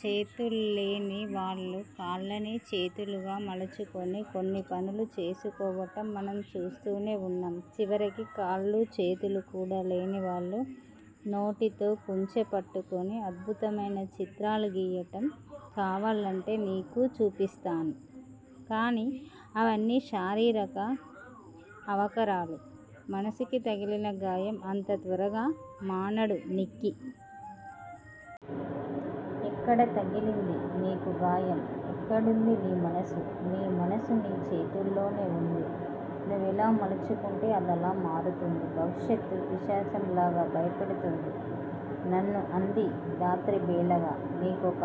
చేతుల్లేని వాళ్ళు కాళ్ళనే చేతులుగా మలుచుకోని అన్ని పనులు చేసుకోవటం మనం చూస్తూనే వున్నాం. చివరికి కాళ్ళూ, చేతులూ కూడా లేని వాళ్ళు, నోటితో కుంచె పట్టుకుని అద్భుతమైన చిత్రాలు గీయటం కావాలంటే నీకు చూపిస్తాను. కానీ, అవన్నీ శారీరక అవకరాలు. మనసుకి తగిలిన గాయం అంత త్వరగా మానదు నిక్కీ. ఎక్కడ తగిలింది నీకు గాయం? ఎక్కడుంది నీ మనసు? నీ మనసు నీ చేతుల్లోనే వుంది. నువ్వెలా మలుచుకుంటే అదలా మారుతుంది. భవిష్యత్తు పిశాచంలాగా భయపెడుతోంది నన్ను అంది ధాత్రి బేలగా. నీకొక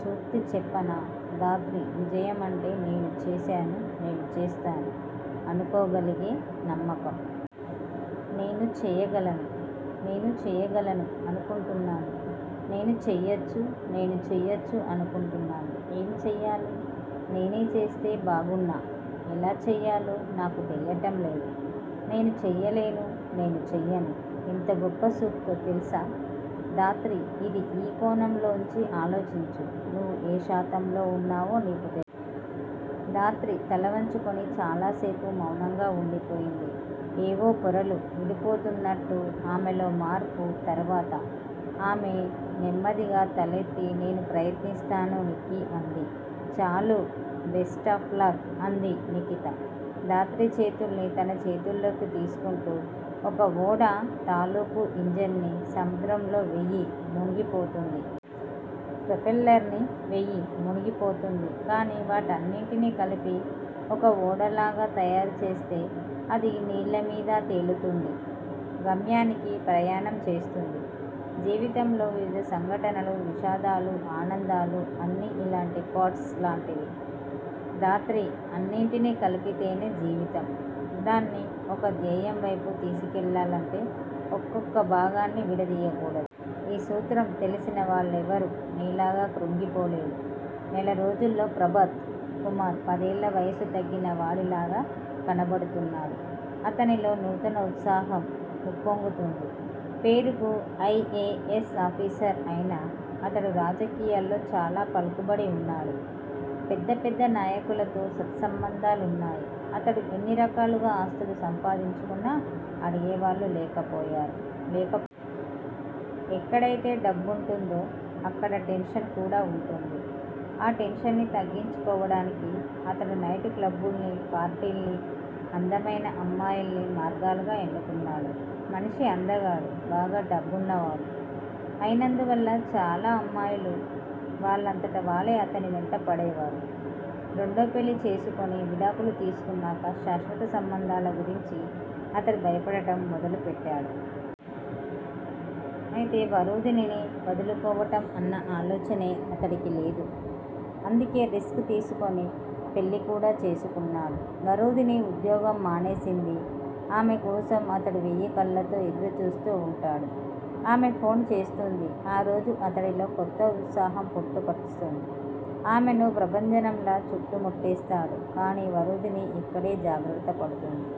సూక్తి చెప్పనా ధాత్రీ. విజయమంటే నేను చేశాను నేను చేస్తాను అనుకోగలిగే నమ్మకం. నేను చేయగలను. నేను చేయగలను అనుకుంటున్నాను. నేను చెయ్యొచ్చు. నేను చెయ్యొచ్చు అనుకుంటున్నాను. ఏం చెయ్యాలి? నేనే చేస్తే బాగుణ్ను. ఎలా చెయ్యాలో నాకు తెలియటంలేదు. నేను చెయ్యలేను. నేను చెయ్యను. ఎంత గొప్ప సూక్తో తెలుసా ధాత్రీ ఇది! ఈ కోణంలోంచి ఆలోచించు. నువ్వు ఏ శాతంలో వున్నావో నీకే తెలుస్తుంది. ధాత్రి తలవంచుకొని చాలాసేపు మౌనంగా వుండిపోయింది. ఏవో పొరలు విడిపోతున్నట్టు ఆమెలో మార్పు. తరువాత ఆమె నెమ్మదిగా తలెత్తి నేను ప్రయత్నిస్తాను నిక్కీ అంది. చాలు బెస్టాఫ్ లక్ అంది నిఖిత ధాత్రి చేతుల్ని తన చేతుల్లోకి తీసుకుంటూ. ఒక ఓడ తాలూకు ఇంజన్ ని సముద్రంలో వెయ్యి, మునిగిపోతుంది. ప్రోఫెల్లర్ ని వెయ్యి మునిగిపోతుంది. కానీ వాటిన్నింటినీ కలిపి ఒక ఓడలాగా తయారుచేస్తే అది నీళ్ళమీద తేలుతుంది. గమ్యానికి ప్రయాణం చేస్తుంది. జీవితంలో వివిధ సంఘటనలు, విషాదాలు, ఆనందాలు అన్నీ ఇలాంటి పార్ట్స్ లాంటివే ధాత్రీ. అన్నిటినీ కలిపితేనే జీవితం. దాన్ని ఒక ధ్యేయంవైపు తీసుకెళ్ళాలంటే ఒక్కొక్క భాగాన్నీ విడదీయకూడదు. ఈ సూత్రం తెలిసిన వాళ్లెవరూ నీలాగా కృంగిపోలేదు. నెలరోజుల్లో ప్రభాత్ కుమార్ పదేళ్ళ వయసు తగ్గిన వాడిలాగా కనపడుతున్నాడు. అతనిలో నూతనోత్సాహం ఉప్పొంగుతోంది. పేరుకి ఐ. ఎ. ఎస్. ఆఫీసర్ అయినా అతడు రాజకీయాల్లో చాలా పలుకుబడి వున్నాడు. పెద్ద పెద్ద నాయకులతో సత్సంబంధాలున్నాయి. అతడు ఎన్ని రకాలుగా ఆస్తులు సంపాదించుకున్నా అడిగేవాళ్ళే లేకపొయ్యారు. ఎక్కడైతే డబ్బుంటుందో అక్కడ టెన్షన్ కూడా వుంటుంది. ఆ టెన్షన్ ని తగ్గించుకోవటానికి అతడు నైట్ క్లబ్బుల్ని, పార్టీల్ని, అందమైన అమ్మాయిల్ని మార్గాలుగా ఎన్నుకున్నాడు. మనిషి అందగాడు, బాగా డబ్బున్నవాడు అయినందువల్ల చాలామంది అమ్మాయిలు వాళ్ళంతట వాళ్ళే అతని వెంటపడేవారు. రెండోపెళ్ళి చేసుకొని విడాకులు తీసుకున్నాక శాశ్వత సంబంధాల గురించి అతడు భయపడటం మొదలుపెట్టాడు. అయితే వరూధినిని వదులుకోవటం అన్న ఆలోచనే అతడికి లేదు. అందుకే రిస్క్ తీసుకొని పెళ్ళికూడా చేసుకున్నాడు. వరూధిని ఉద్యోగం మానేసింది. ఆమెకోసం అతడు వెయ్యికళ్ళతో ఎదురుచూస్తూ వుంటాడు. ఆమె ఫోన్ చేస్తుంది. ఆ రోజు అతడిలో కొత్తఉత్సాహం పుట్టుకొస్తుంది. ఆమెను ప్రభంజనంలా చుట్టుముట్టేస్తాడు. కానీ వరూధిని ఇక్కడే జాగ్రత్త పడుతుంది.